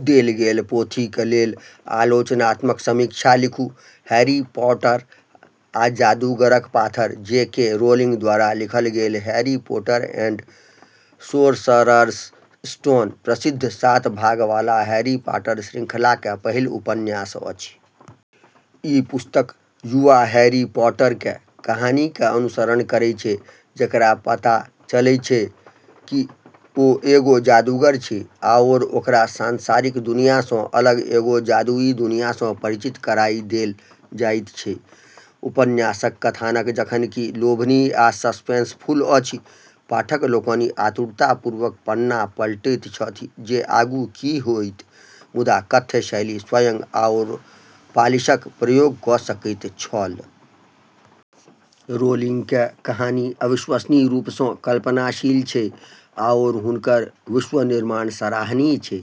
देल गेल पोथीक लेल आलोचनात्मक समीक्षा लिखू। हैरी पॉटर आ जादूगरक पाथर जे. के. रोलिंग द्वारा लिखल गेल Harry Potter and the Sorcerer's Stone प्रसिद्ध सात भाग वाला हैरी पॉटर श्रृंखलाके पहिल उपन्यास अछि। ई पुस्तक युवा हैरी पॉटरके कहानीके अनुसरण करै छै, जेकरा पता चलै छै कि ओ एगो जादूगर छै आओर ओकरा सांसारिक दुनियासँ अलग एगो जादुई दुनियासँ परिचित कराइ देल जाइत छै। उपन्यासक कथानक जखन कि लोभनीय आ सस्पेंसफुल अछि, पाठक लोकनि आतुरतापूर्वक पन्ना पलटैत छथि जे आगू की होइत, मुदा कथ्य शैली स्वयं आओर पालिशक प्रयोग क' सकैत छल। रोलिंगके कहानी अविश्वसनीय रूपसँ कल्पनाशील छै आओर हुनकर विश्व-निर्माण सराहनीय छै।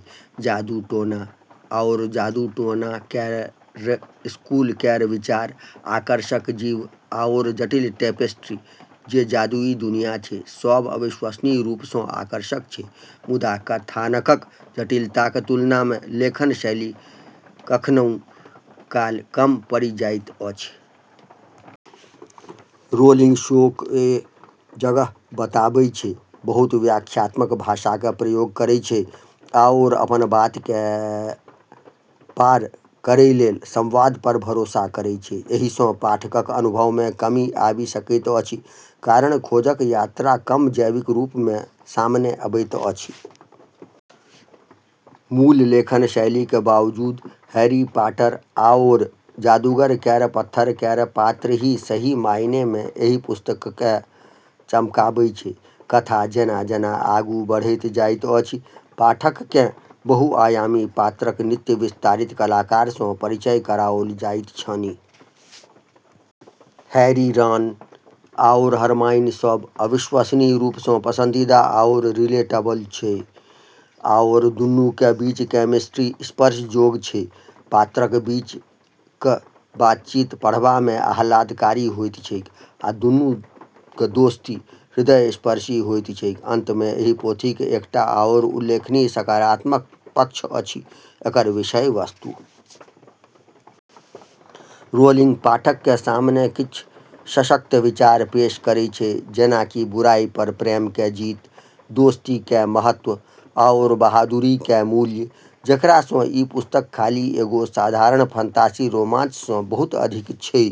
जादू-टोना आओर जादू-टोना केर स्कूल केर विचार, आकर्षक जीव, आओर जटिल टेपेस्ट्री जे जादुई दुनिया छै, सब अविश्वसनीय रूपसँ आकर्षक छै। मुदा कथानकक जटिलताक तुलनामे लेखन शैली कखनऊ काल कम पड़ि जाइत अछि। रोलिंग शोके जगह बताबै छै, बहुत व्याख्यात्मक भाषाके प्रयोग करै छै आओर अपन बातके पार करै लेल संवाद पर भरोसा करै छै। एहिसँ पाठकक अनुभवमे कमी आबि सकैत अछि, कारण खोजक यात्रा कम जैविक रूपमे सामने अबैत अछि। मूल लेखन शैलीके बावजूद हैरी पॉटर आओर जादूगर केर पत्थर केर पात्र ही सही मायनेमे एहि पुस्तकके चमकाबै छै। कथा जेना-जेना आगू बढ़ैत जाइत अछि, पाठककेँ बहुआयामी पात्रक नित्य विस्तारित कलाकारसँ परिचय कराओल जाइत छनि। हैरी, रॉन, आओर हरमाइन सब अविश्वसनीय रूपसँ पसंदीदा आओर रिलेटेबल छै, आओर दुन्नूके बीचके केमिस्ट्री स्पर्शजोग छै। पात्रक बीचक बातचीत पढ़बामे आह्लादकारी होइत छैक, आ दुन्नूक दोस्ती हृदयस्पर्शी होइत छैक। अंतमे एहि पोथीक एकटा आओर उल्लेखनीय सकारात्मक पक्ष अछि एकर विषय-वस्तु। रोलिंग पाठकके सामने किछ सशक्त विचार पेश करै छै जेना कि बुराई पर प्रेमके जीत, दोस्तीके महत्व, आओर बहादुरीके मूल्य, जेकरा सँ ई पुस्तक खाली एगो साधारण फंतासी रोमांचसँ बहुत अधिक छै।